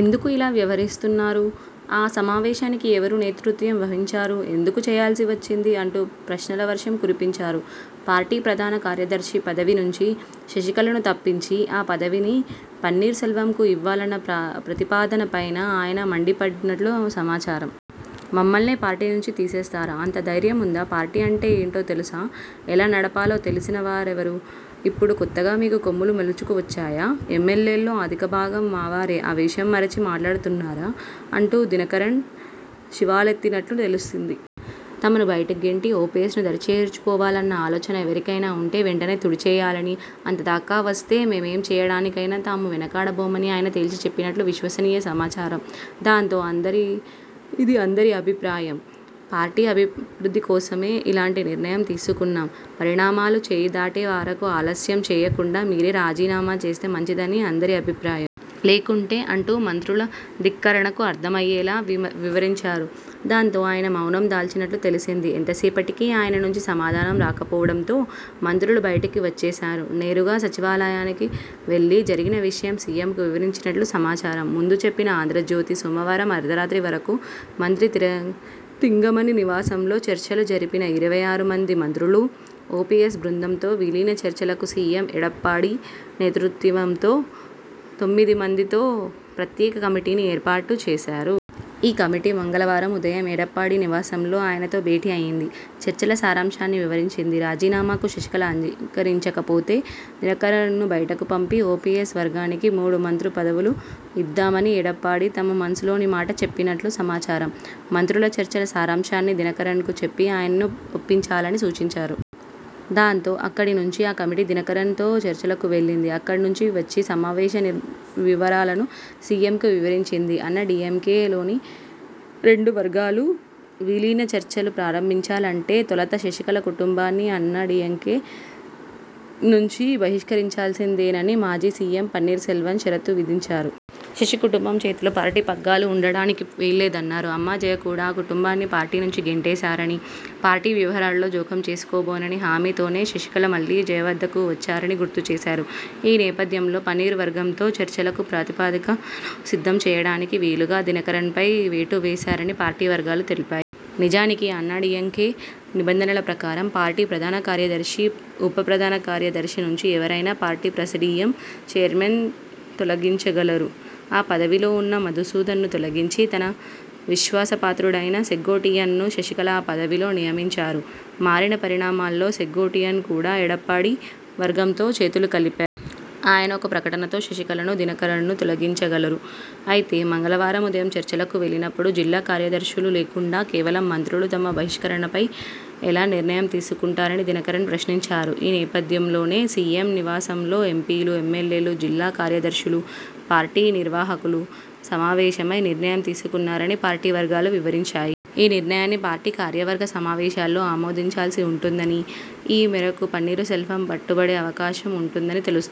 ఎందుకు ఇలా వ్యవహరిస్తున్నారు? ఆ సమావేశానికి ఎవరు నేతృత్వం వహించారు? ఎందుకు చేయాల్సి వచ్చింది? '' అంటూ ప్రశ్నల వర్షం కురిపించారు. పార్టీ ప్రధాన కార్యదర్శి పదవి నుంచి శశికళను తప్పించి ఆ పదవిని పన్నీర్ సెల్వంకు ఇవ్వాలన్న ప్రతిపాదన పైనా ఆయన మండిపడినట్లు సమాచారం. ''మమ్మల్నే పార్టీ నుంచి తీసేస్తారా? అంత ధైర్యముందా? పార్టీ అంటే ఏంటో తెలుసా? ఎలా నడపాలో తెలిసిన వారెవరు? ఇప్పుడు కొత్తగా మీకు కొమ్ములు మొలుచుకు వచ్చాయా? ఎమ్మెల్యేల్లో అధిక భాగం మావారే. ఆ విషయం మరచి మాట్లాడుతున్నారా? '' అంటూ దినకరన్ శివాలెత్తినట్లు తెలిసింది. తమను బయటకు గెంటి, ఓపీఎస్ను దరి చేర్చుకోవాలన్న ఆలోచన ఎవరికైనా ఉంటే వెంటనే తుడిచేయాలని, అంతదాకా వస్తే ఏం చేయడానికైనా తాను వెనకాడబోనని ఆయన తేల్చి చెప్పినట్లు విశ్వసనీయ సమాచారం. దాంతో, ''ఇది అందరి అభిప్రాయం. పార్టీ అభివృద్ధి కోసమే ఇలాంటి నిర్ణయం తీసుకున్నాం. పరిణామాలు చేయి దాటే వరకూ ఆలస్యం చేయకుండా మీరే రాజీనామా చేస్తే మంచిదన్నది అందరి అభిప్రాయం. లేకుంటే.. '' అంటూ మంత్రులు దినకరన్కు అర్థమయ్యేలా వివరించారు. దాంతో ఆయన మౌనం దాల్చినట్లు తెలిసింది. ఎంతసేపటికీ ఆయన నుంచి సమాధానం రాకపోవడంతో మంత్రులు బయటికి వచ్చేశారు. నేరుగా సచివాలయానికి వెళ్లి జరిగిన విషయం సీఎంకు వివరించినట్లు సమాచారం. ముందే చెప్పిన 'ఆంధ్రజ్యోతి' సోమవారం అర్ధరాత్రి వరకూ మంత్రి తంగమణి నివాసంలో చర్చలు జరిపిన ఇరవై ఆరు మంది మంత్రులు, ఓపీఎస్ బృందంతో విలీన చర్చలకు సీఎం ఎడప్పాడి నేతృత్వంలో తొమ్మిది మందితో ప్రత్యేక కమిటీని ఏర్పాటు చేశారు. ఈ కమిటీ మంగళవారం ఉదయం ఎడప్పాడి నివాసంలో ఆయనతో భేటీ అయింది. చర్చల సారాంశాన్ని వివరించింది. రాజీనామాకు శశికళ అంగీకరించకపోతే, దినకరన్ను బయటకు పంపి, ఓపీఎస్ వర్గానికి మూడు మంత్రి పదవులు ఇద్దామని ఎడప్పాడి తన మనసులోని మాట చెప్పినట్లు సమాచారం. మంత్రుల చర్చల సారాంశాన్ని దినకరనకు చెప్పి ఆయన్ను ఒప్పించాలని సూచించారు. దాంతో, అక్కడి నుంచి ఆ కమిటీ దినకరన్ తో చర్చలకు వెళ్లింది. అక్కడి నుంచి వచ్చి సమావేశ వివరాలను సీఎంకు వివరించింది. అన్నా డీఎంకే లోని రెండు వర్గాలూ విలీన చర్చలు ప్రారంభించాలంటే తొలుత శశికళ కుటుంబాన్ని అన్నా డీఎంకే నుంచి బహిష్కరించాల్సిందేనని మాజీ సీఎం పన్నీర్ సెల్వం షరతు విధించారు. శశి కుటుంబం చేతిలో పార్టీ పగ్గాలు ఉండడానికి వీల్లేదన్నారు. అమ్మ జయ కూడా ఆ కుటుంబాన్ని పార్టీ నుంచి గెంటేశారని, పార్టీ వ్యవహారాల్లో జోక్యం చేసుకోబోనన్న హామీ తోనే శశికళ మళ్లీ జయ వద్దకు వచ్చారని గుర్తు చేశారు. ఈ నేపథ్యంలోనే, పన్నీరు వర్గంతో చర్చలకు ప్రాతిపదికను సిద్ధం చేయడానికి వీలుగా దినకరన్పై వేటు వేశారని పార్టీ వర్గాలు తెలిపాయి. నిజానికి, అన్నా డీఎంకే నిబంధనల ప్రకారం, పార్టీ ప్రధాన కార్యదర్శి, ఉప ప్రధాన కార్యదర్శి నుంచి ఎవరినైనా పార్టీ ప్రిసీడియం చైర్మన్ తొలగించగలరు. ఆ పదవిలో ఉన్న మధుసూదన్ ను తొలగించి తన విశ్వాస పాత్రుడు సెంగోట్టియ్యన్ను శశికళ ఆ పదవిలో నియమించారు. మారిన పరిణామాల్లో సెంగోట్టియ్యన్ కూడా ఎడప్పాడి వర్గంతో చేతులు కలిపారు. ఆయన ఒక్క ప్రకటనతో శశికళను, దినకరన్ను తొలగించగలరు. అయితే, మంగళవారం ఉదయం చర్చలకు వెళ్లినప్పుడు జిల్లా కార్యదర్శులు లేకుండా కేవలం మంత్రులు తమ బహిష్కరణపై ఎలా నిర్ణయం తీసుకుంటారని దినకరన్ ప్రశ్నించారు. ఈ నేపథ్యంలోనే, సీఎం నివాసంలో ఎంపీలు, ఎమ్మెల్యేలు, జిల్లా కార్యదర్శులు, పార్టీ నిర్వాహకులు సమావేశమై నిర్ణయం తీసుకున్నారని పార్టీ వర్గాలు వివరించాయి. ఈ నిర్ణయాన్ని పార్టీ కార్యవర్గ సమావేశంలో ఆమోదించాల్సి ఉంటుందని, ఈ మేరకు పన్నీరు సెల్వం పట్టుబట్టే అవకాశం ఉందని తెలుస్తోంది.